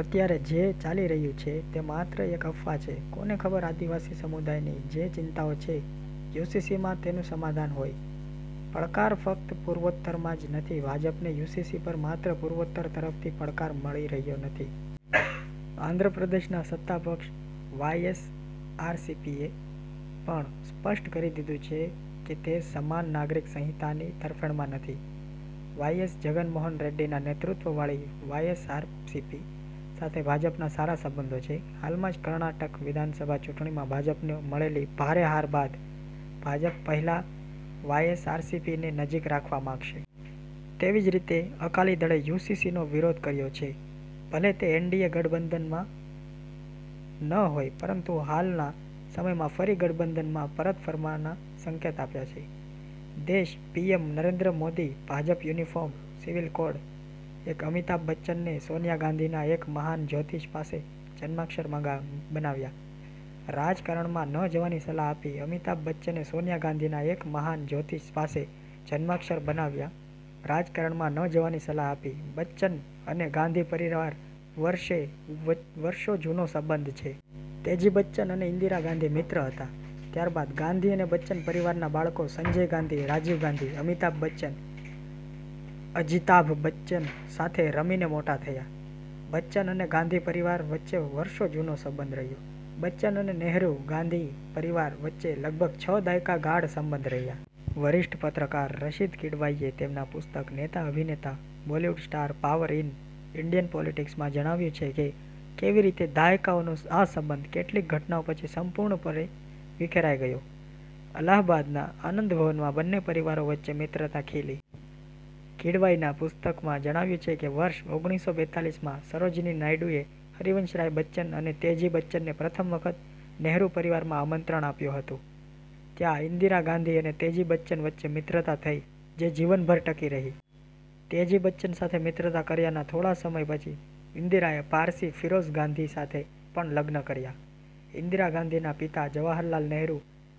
અત્યારે જે ચાલી રહ્યું છે તે માત્ર એક અફવા છે. કોને ખબર, આદિવાસી સમુદાયની જે ચિંતાઓ છે યુસીસીમાં તેનું સમાધાન હોય. પડકાર ફક્ત પૂર્વોત્તરમાં જ નથી ભાજપને યુસીસી પર માત્ર પૂર્વોત્તર તરફથી પડકાર મળી રહ્યો નથી. આંધ્રપ્રદેશના સત્તા પક્ષ વાયએસઆરસીપીએ પણ સ્પષ્ટ કરી દીધું છે કે તે સમાન નાગરિક સંહિતાની તરફેણમાં નથી. વાયએસ જગન મોહન રેડ્ડીના નેતૃત્વવાળી વાયએસઆરસીપી સાથે ભાજપના સારા સંબંધો છે. હાલમાં જ કર્ણાટક વિધાનસભા ચૂંટણીમાં ભાજપને મળેલી ભારે હાર બાદ ભાજપ પહેલા વાયએસઆરસીપીને નજીક રાખવા માંગશે. તેવી જ રીતે અકાલી દળે યુસીસીનો વિરોધ કર્યો છે. ભલે તે એનડીએ ગઠબંધનમાં ન હોય પરંતુ હાલના સમયમાં ફરી ગઠબંધનમાં પરત ફરવાના સંકેત આપ્યા છે. દેશપીએમ નરેન્દ્ર મોદીભાજપયુનિફોર્મ સિવિલ કોડ અમિતાભ બચ્ચને સોનિયા ગાંધીના એક મહાન જ્યોતિષ પાસે 'જન્માક્ષર' બનાવ્યા, રાજકારણમાં ન જવાની સલાહ આપી અમિતાભ બચ્ચને સોનિયા ગાંધીના એક મહાન જ્યોતિષ પાસે 'જન્માક્ષર' બનાવ્યા, રાજકારણમાં ન જવાની સલાહ આપી બચ્ચન અને ગાંધી પરિવાર વચ્ચે વર્ષો જૂનો સંબંધ છે. તેજી બચ્ચન અને ઈન્દીરા ગાંધી મિત્ર હતા. ત્યારબાદ ગાંધી અને બચ્ચન પરિવારના બાળકો, સંજય ગાંધી, રાજીવ ગાંધી, અમિતાભ બચ્ચન, અજિતાભ બચ્ચન સાથે રમીને મોટા થયા. બચ્ચન અને ગાંધી પરિવાર વચ્ચે વર્ષો જૂનો સંબંધ રહ્યો: બચ્ચન અને નેહરુ-ગાંધી પરિવાર વચ્ચે લગભગ છ દાયકા ગાઢ સંબંધ રહ્યા. વરિષ્ઠ પત્રકાર રશીદ કિડવાઈએ તેમના પુસ્તક 'neta abhineta Bollywood star power in Indian પોલિટિક્સ'માં જણાવ્યું છે કે, કેવી રીતે દાયકાઓનો આ સંબંધ કેટલીક ઘટનાઓ પછી સંપૂર્ણપણે વિખેરાઈ ગયો. અલ્હાબાદના 'આનંદ ભવનમાં' બંને પરિવારો વચ્ચે મિત્રતા ખીલી. કિડવાઈના પુસ્તકમાં જણાવાયું છે કે, વર્ષ ઓગણીસો બેતાલીસ માં સરોજિની નાયડુએ હરિવંશ રાય બચ્ચન અને તેજી બચ્ચનને પ્રથમ વખત નેહરુ પરિવારમાં આમંત્રણ આપ્યું હતું. ત્યાં, ઇન્દિરા ગાંધી અને તેજી બચ્ચન વચ્ચે મિત્રતા થઈ, જે જીવનભર ટકી રહી. તેજી બચ્ચન સાથે મિત્રતા કર્યાના થોડા સમય પછી, ઇન્દિરાએ પારસી ફિરોઝ ગાંધી સાથે પણ લગ્ન કર્યા. ઈન્દિરા ગાંધીના પિતા જવાહરલાલ નેહરુ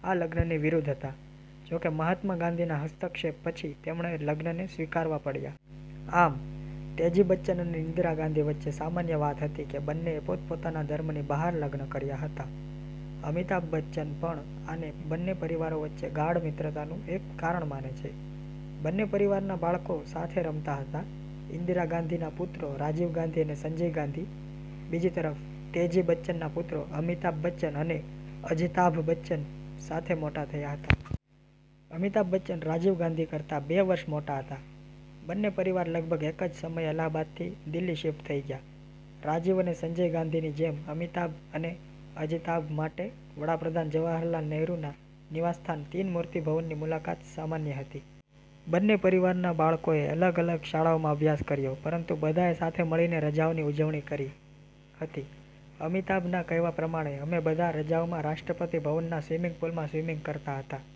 આ લગ્નની વિરુદ્ધ હતા. જો કે, મહાત્મા ગાંધીના હસ્તક્ષેપ પછી, તેમણે લગ્નને સ્વીકારવા પડ્યા. આમ, તેજી બચ્ચન અને ઈન્દિરા ગાંધી વચ્ચે સામાન્ય વાત હતી કે, બંનેએ પોત-પોતાના ધર્મની બહાર લગ્ન કર્યા હતા. અમિતાભ બચ્ચન પણ આને બંને પરિવારો વચ્ચે ગાઢ મિત્રતાનું એક કારણ માને છે. બંને પરિવારના બાળકો સાથે રમતા હતા ઈન્દિરા ગાંધીના પુત્રો રાજીવ ગાંધી અને સંજય ગાંધી, બીજી તરફ, તેજી બચ્ચનના પુત્રો અમિતાભ બચ્ચન અને અજિતાભ બચ્ચન, સાથે મોટા થયા હતા. અમિતાભ બચ્ચન રાજીવ ગાંધી કરતા બે વર્ષ મોટા હતા. બંને પરિવાર લગભગ એક જ સમયે અલ્હાબાદથી દિલ્હી શિફ્ટ થઈ ગયા. રાજીવ અને સંજય ગાંધીની જેમ, અમિતાભ અને અજિતાભ માટે વડા પ્રધાન જવાહરલાલ નેહરુના નિવાસસ્થાન તીન મૂર્તિ ભવનની મુલાકાત સામાન્ય હતી. બંને પરિવારના બાળકોએ અલગ-અલગ શાળાઓમાં અભ્યાસ કર્યો. પરંતુ બધાએ સાથે મળીને રજાઓની ઉજવણીઓ કરી હતી. અમિતાભના કહેવા પ્રમાણે, અમે બધા રજાઓમાં રાષ્ટ્રપતિ ભવનના સ્વિમિંગ પુલમાં સ્વિમિંગ કરતા હતા.